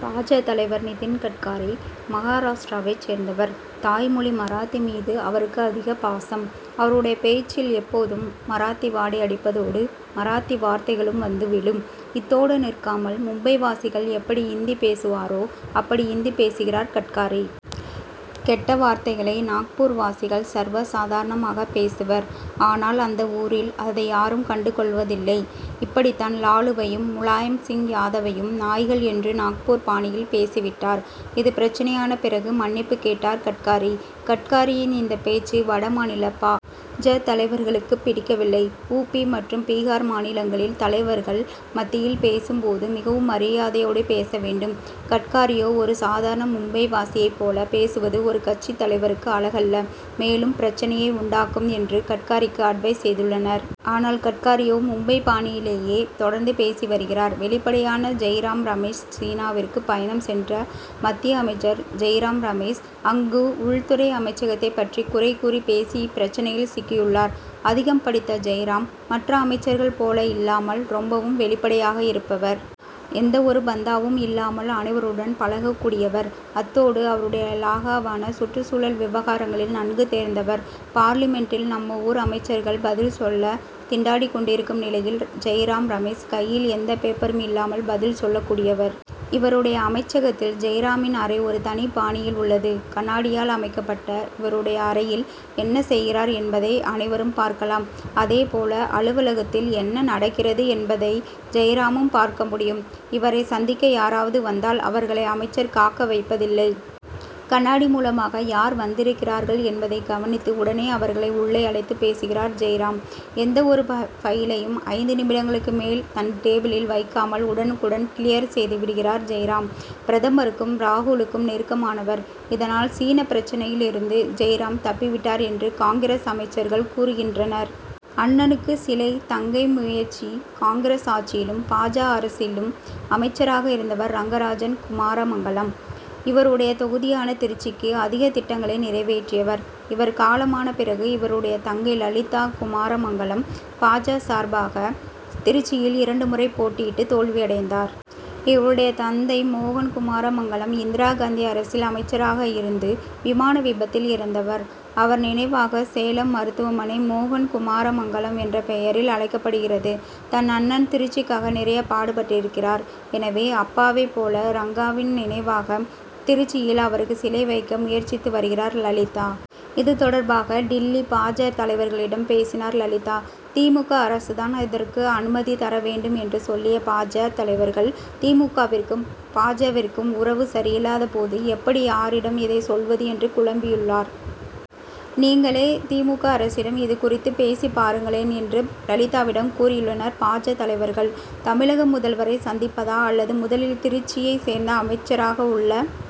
பா. ஜ., தலைவர் நிதின் கட்காரி மகாராஷ்டிராவைச் சேர்ந்தவர். தாய்மொழி மராத்தி மீது அவருக்கு அதிக பாசம். அவருடைய பேச்சில் எப்போதும் மராத்தி வாடை அடிப்பதோடு, மராத்தி வார்த்தைகளும் வந்து விழும். இத்தோடு நிற்காமல் மும்பை வாசிகள் எப்படி இந்தி பேசுவரோ அப்படி இந்தி பேசுகிறார் கட்காரி. கெட்ட வார்த்தைகளை நாக்பூர்வாசிகள் சர்வ சாதாரணமாக பேசுவர். ஆனால், அந்த ஊரில் அதை யாரும் கண்டுகொள்வதில்லை. இப்படித்தான் லாலுவையும், முலாயம் சிங் யாதவையும், நாய்கள் என்று நாக்பூர் பாணியில் பேசிவிட்டார். இது பிரச்னையான பிறகு மன்னிப்பு கேட்டார் கட்காரி. கட்காரியின் இந்த பேச்சு, வட மாநில பா. ஜ., தலைவர்களுக்குப் பிடிக்கவில்லை. 'உ. பி., மற்றும் பீகார் மாநிலங்களில் தலைவர்கள் மத்தியில் பேசும் போது மிகவும் மரியாதையோடு பேச வேண்டும். கட்காரியோ ஒரு சாதாரண மும்பைவாசியைப் போல பேசுவது ஒரு கட்சித் தலைவருக்கு அழகல்ல. மேலும், பிரச்னையை உண்டாக்கும்' என்று கட்காரிக்கு அட்வைஸ் செய்துள்ளனர். ஆனால், கட்காரியோ மும்பை பாணியிலேயே தொடர்ந்து பேசி வருகிறார். வெளிப்படையான ஜெய்ராம் ரமேஷ் சீனாவிற்கு பயணம் சென்ற மத்திய அமைச்சர் ஜெய்ராம் ரமேஷ், அங்கு உள்துறை அமைச்சகத்தைப் பற்றி குறை கூறி பேசி பிரச்னையில் சிக்கியுள்ளார். அதிகம் படித்த ஜெய்ராம், மற்ற அமைச்சர்கள் போல இல்லாமல், ரொம்பவும் வெளிப்படையாக இருப்பவர். எந்த ஒரு பந்தாவும் இல்லாமல் அனைவருடன் பழகக் கூடியவர். அத்தோடு அவருடைய இலாகாவான சுற்றுச் சூழல் விவகாரங்களில் நன்கு தேர்ந்தவர். பார்லிமென்டில் நம்ம ஊர் அமைச்சர்கள் பதில் சொல்ல திண்டாடிக் கொண்டிருக்கும் நிலையில், ஜெய்ராம் ரமேஷ் கையில் எந்த பேப்பரும் இல்லாமல் பதில் சொல்லக் கூடியவர். இவருடைய அமைச்சகத்தில் ஜெய்ராமின் அறை ஒரு தனி பாணியில் உள்ளது. கண்ணாடியால் அமைக்கப் பட்ட இவருடைய அறையில் என்ன செய்கிறார் என்பதை அனைவரும் பார்க்கலாம். அதே போல அலுவலகத்தில் என்ன நடக்கிறது என்பதை ஜெய்ராமும் பார்க்க முடியும். இவரை சந்திக்க யாராவது வந்தால், அவர்களை அமைச்சர் காக்க வைப்பதில்லை. கண்ணாடி மூலமாக யார் வந்திருக்கிறார்கள் என்பதை கவனித்து, உடனே அவர்களை உள்ளே அழைத்து, பேசுகிறார் ஜெய்ராம். எந்த ஒரு பைலையும், ஐந்து நிமிடங்களுக்கு மேல் தன் டேபிளில் வைக்காமல் உடனுக்குடன், 'க்ளியர்' செய்துவிடுகிறார் ஜெய்ராம். பிரதமருக்கும், ராகுலுக்கும் நெருக்கமானவர். இதனால், சீனா பிரச்னையிலிருந்து ஜெய்ராம் தப்பிவிட்டார் என்று காங்கிரஸ் அமைச்சர்கள் கூறுகின்றனர். அண்ணனுக்கு சிலை தங்கை முயற்சி காங்கிரஸ் ஆட்சியிலும், பா. ஜ., அரசிலும் அமைச்சராக இருந்தவர் ரங்கராஜன் குமாரமங்கலம். இவருடைய தொகுதியான திருச்சிக்கு, அதிக திட்டங்களை நிறைவேற்றியவர், இவர் காலமான பிறகு இவருடைய தங்கை லலிதா குமாரமங்கலம், பா. ஜ., சார்பாக திருச்சியில் இரண்டு முறை போட்டியிட்டு தோல்வியடைந்தார். இவர்களுடைய தந்தை மோகன் குமாரமங்கலம், இந்திரா காந்தி அரசில் அமைச்சராக இருந்து, விமான விபத்தில் இறந்தவர். அவர் நினைவாக சேலம் மருத்துவமனை மோகன் குமாரமங்கலம் என்ற பெயரில் அழைக்கப்படுகிறது. தன் அண்ணன் திருச்சிக்காக நிறைய பாடுபட்டிருக்கிறார். எனவே, அப்பாவைப் போல ரங்காவின் நினைவாக திருச்சியில் அவருக்கு சிலை வைக்க முயற்சித்து வருகிறார் லலிதா. இது தொடர்பாக, டில்லி பா. ஜ., தலைவர்களிடம் பேசினார் லலிதா. தி. மு. க., அரசுதான் இதற்கு அனுமதி தர வேண் டும் என்று சொல்லிய பா. ஜ., தலைவர்கள், தி. மு. க.,விற்கும் பா. ஜ.,விற்கும் உறவு சரியில்லாத போது எப்படி, யாரிடம் இதைச் சொல்வது என்று குழம்பியுள் ளார். நீங்களே தி. மு. க., அரசிடம் இதுகுறித்து பேசிப் பாருங்களேன் என்று லலிதாவிடம் கூறியுள்ளனர் பா. ஜ., தலைவர்கள். தமிழக முதல்வரை சந்திப் பதா அல்லது முதலில் திருச்சியை சேர்ந்த அமைச்சராக உள்ள